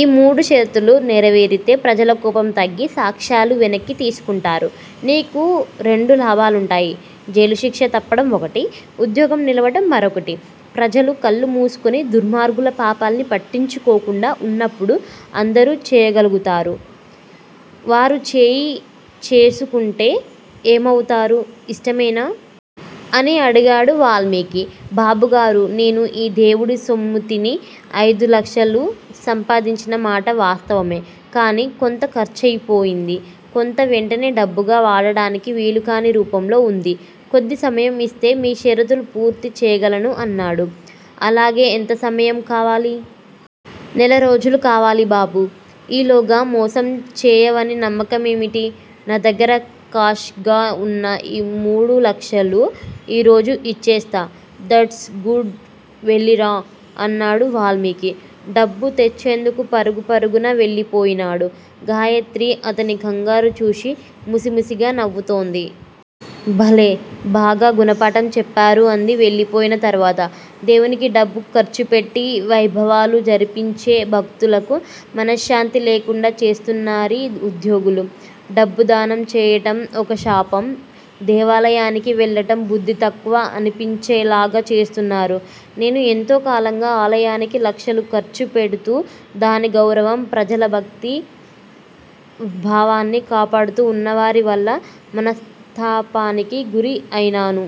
ఈ మూడు షరతులు నెరవేరితే ప్రజల కోపం తగ్గి సాక్ష్యాలు వెనక్కి తీసుకుంటారు. నీకు రెండు లాభాలుంటాయి. జైలుశిక్ష తప్పటం ఒకటి. ఉద్యోగం నిలవటం మరొకటి! ప్రజలు కళ్ళు మూసుకుని దుర్మార్గుల పాపాల్ని పట్టించుకోకుండా ఉన్నప్పుడు అందరూ చేయగలుగుతారు. వారు చేయి చేసుకుంటే ఏమవుతారు. ఇష్టమేనా? అని అడిగాడు వాల్మీకి. బాబుగారూ! నేను ఈ దేవుడి సొమ్ముతిని అయిదు లక్షలు సంపాదించిన మాట వాస్తవమే! కాని కొంత ఖర్చయిపోయింది. కొంత వెంటనే డబ్బుగా వాడటానికి వీలుకాని రూపంలో ఉంది. కొద్ది సమయం ఇస్తే మీ షరతులు పూర్తి చేయగలను అన్నాడు. అలాగే ఎంత సమయం కావాలి! నెలరోజులు కావాలి బాబూ! ఈలోగా మోసం చేయవని నమ్మకం ఏమిటి? నా దగ్గర కాష్ గా ఉన్న మూడు లక్షలు ఈరోజు ఇచ్చేస్తా! దట్స్ గుడ్ వెళ్ళిరా అన్నాడు వాల్మీకి. డబ్బు తెచ్చేందుకు పరుగు పరుగున వెళ్ళిపోయినాడు. గాయత్రి అతని కంగారు చూచి ముసిముసిగా నవ్వుతోంది. భలే బాగా గుణపాఠం చెప్పారు అంది వెళ్ళిపోయిన తరువాత! దేవునికి డబ్బు ఖర్చుపెట్టి వైభవాలు జరిపించే భక్తులకు మనశ్శాంతి లేకుండా చేస్తున్నారీ ఉద్యోగులు. డబ్బు దానం చేయటం ఒక శాపం దేవాలయానికి వెళ్ళటం బుద్ధి తక్కువ అనిపించేలాగా చేస్తున్నారు! నేను ఎంతో కాలంగా ఆలయానికి లక్షలు ఖర్చు పెడుతూ దాని గౌరవం ప్రజలభక్తి భావాన్ని కాపాడుతూ ఉన్నవారి వల్ల మనస్తాపానికి గురి అయినాను.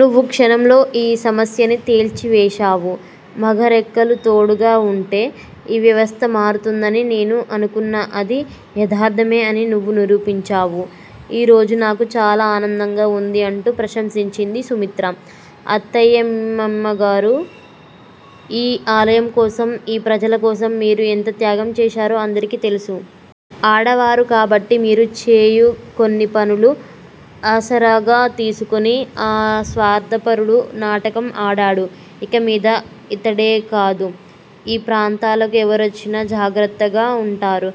నువ్వు క్షణంలో ఈ సమస్యని తేల్చి వేశావు. మగ రెక్కలు తోడుగా ఉంటే ఈ వ్యవస్థ మారుతుందని నేను అనుకున్నా అది యదార్ధమే అని నువ్వు నిరూపించావు. ఈ రోజు నాకు చాల ఆనందంగా ఉంది అంటూ ప్రశంసించింది సుమిత్ర. అత్తాయమ్మమ్మగారూ! ఈ ఆలయం కోసం ఈ ప్రజల కోసం మీరు ఎంత త్యాగం చేశారో అందరికి తెలుసు! ఆడవారు కాబట్టి మీరు చేయు కొన్ని పనులు ఆసరాగా తీసుకుని అ స్వార్ధపరుడు నాటకం ఆడాడు! ఇకమీద ఇతడేకాదు. ఈ ప్రాంతాలకు ఎవరొచ్చినా జాగ్రత్తగా ఉంటారు.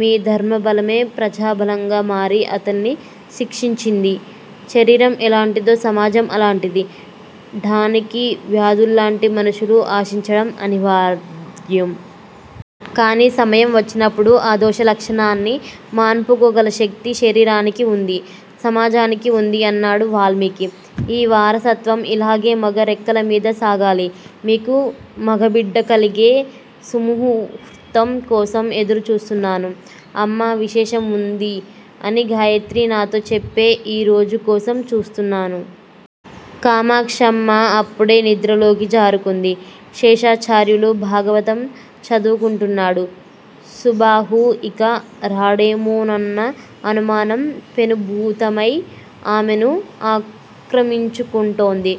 మీ ధర్మబలమే ప్రజాబలంగా మారి అతన్ని శిక్షించింది. శరీరం ఎలాంటిదో సమాజం అలాంటిది. డానికి వ్యాధుల్లాంటి మనుషులు ఆశించటం అనివార్యం! కాని సమయం వచ్చినప్పుడు ఆ దోష లక్షణాన్ని మాన్పుకోగల శక్తి శరీరానికీ ఉంది. సమాజానికీ ఉంది! అన్నాడు వాల్మీకి. ఈ వారసత్వం ఇలాగే మగ రెక్కలమీద సాగాలి! మీకు మగబిడ్డకలిగే సుముహూర్తం కోసం ఎదురు చూస్తున్నాను. అమ్మా విశేషం ఉంది అని గాయత్రి నాతో చెప్పే ఈరోజు కోసం చూస్తున్నాను. కామాక్షమ్మ అప్పుడే నిద్రలోకి జారుకుంది. శేషాచార్యులు భాగవతం చదువుకుంటున్నాడు. సుబాహు ఇక రాడేమోనన్న అనుమానం పెనుభూతమై ఆమెను ఆక్రమించుకుంటోంది.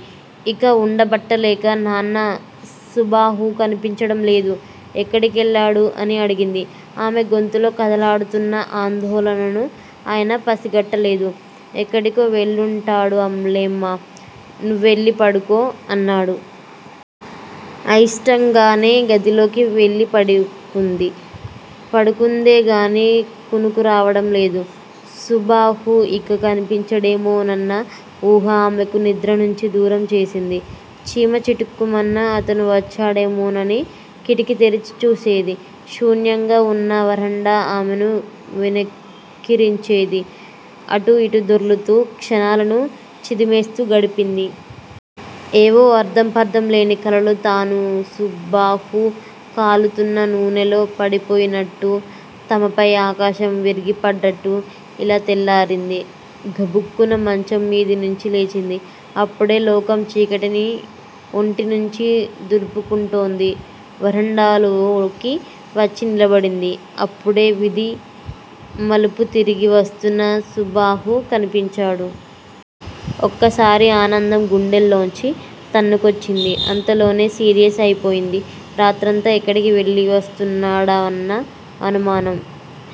ఇక వుండబట్టలేక నాన్నా! సుబాహు కనిపించడం లేదు. ఎక్కడికెళ్ళాడు? అని అడిగింది. ఆమె గొంతులో కదలాడుతున్న ఆందోళనను ఆయన పసిగట్టలేదు. ఎక్కడికో వెళ్ళుంటాడు అమ్ లేమ్మా. నువ్వెళ్ళి పడుకో అన్నాడు. అయిష్టంగానే గదిలోకి వెళ్ళి పడికుంది. పడుకుందేగాని కునుకు రావడం లేదు. సుబాహు ఇక కనిపించడేమో నన్న ఊహ ఆమెకు నిద్ర నుంచి దూరం చేసింది. చీమ చిటుక్కుమన్నా అతను వచ్చేడేమోనని కిటికీ తెరిచి చూసేది. శూన్యంగా వున్న వరండా ఆమెను వెనక్కిరించేది. అటూ, ఇటూ దొర్లుతూ క్షణాలను చిదిమేస్తూ గడిపింది. ఏవో అర్థం పర్థం లేని కలలు- తనూ, సుబాహు కాలుతున్న నూనెలో పడిపోయినట్టు- తమపై ఆకాశం విరిగిపడ్డట్టూ- ఇలా తెల్లారింది. గబుక్కున మంచం మీద నుంచి లేచింది. అప్పుడే లోకం చీకటిని ఒంటి నుంచి దులుపుకుంటోంది. వరండాలోకి వచ్చి నిలబడింది. అప్పుడే విధి మలుపు తిరిగి వస్తున్న సుబాహు కనిపించాడు. ఒక్కసారి ఆనందం గుండెలోంచి తన్నుకొచ్చింది. అంతలోనే సీరియస్ అయిపోయింది. రాత్రంతా ఎక్కడికి వెళ్ళివస్తున్నాడన్న అనుమానం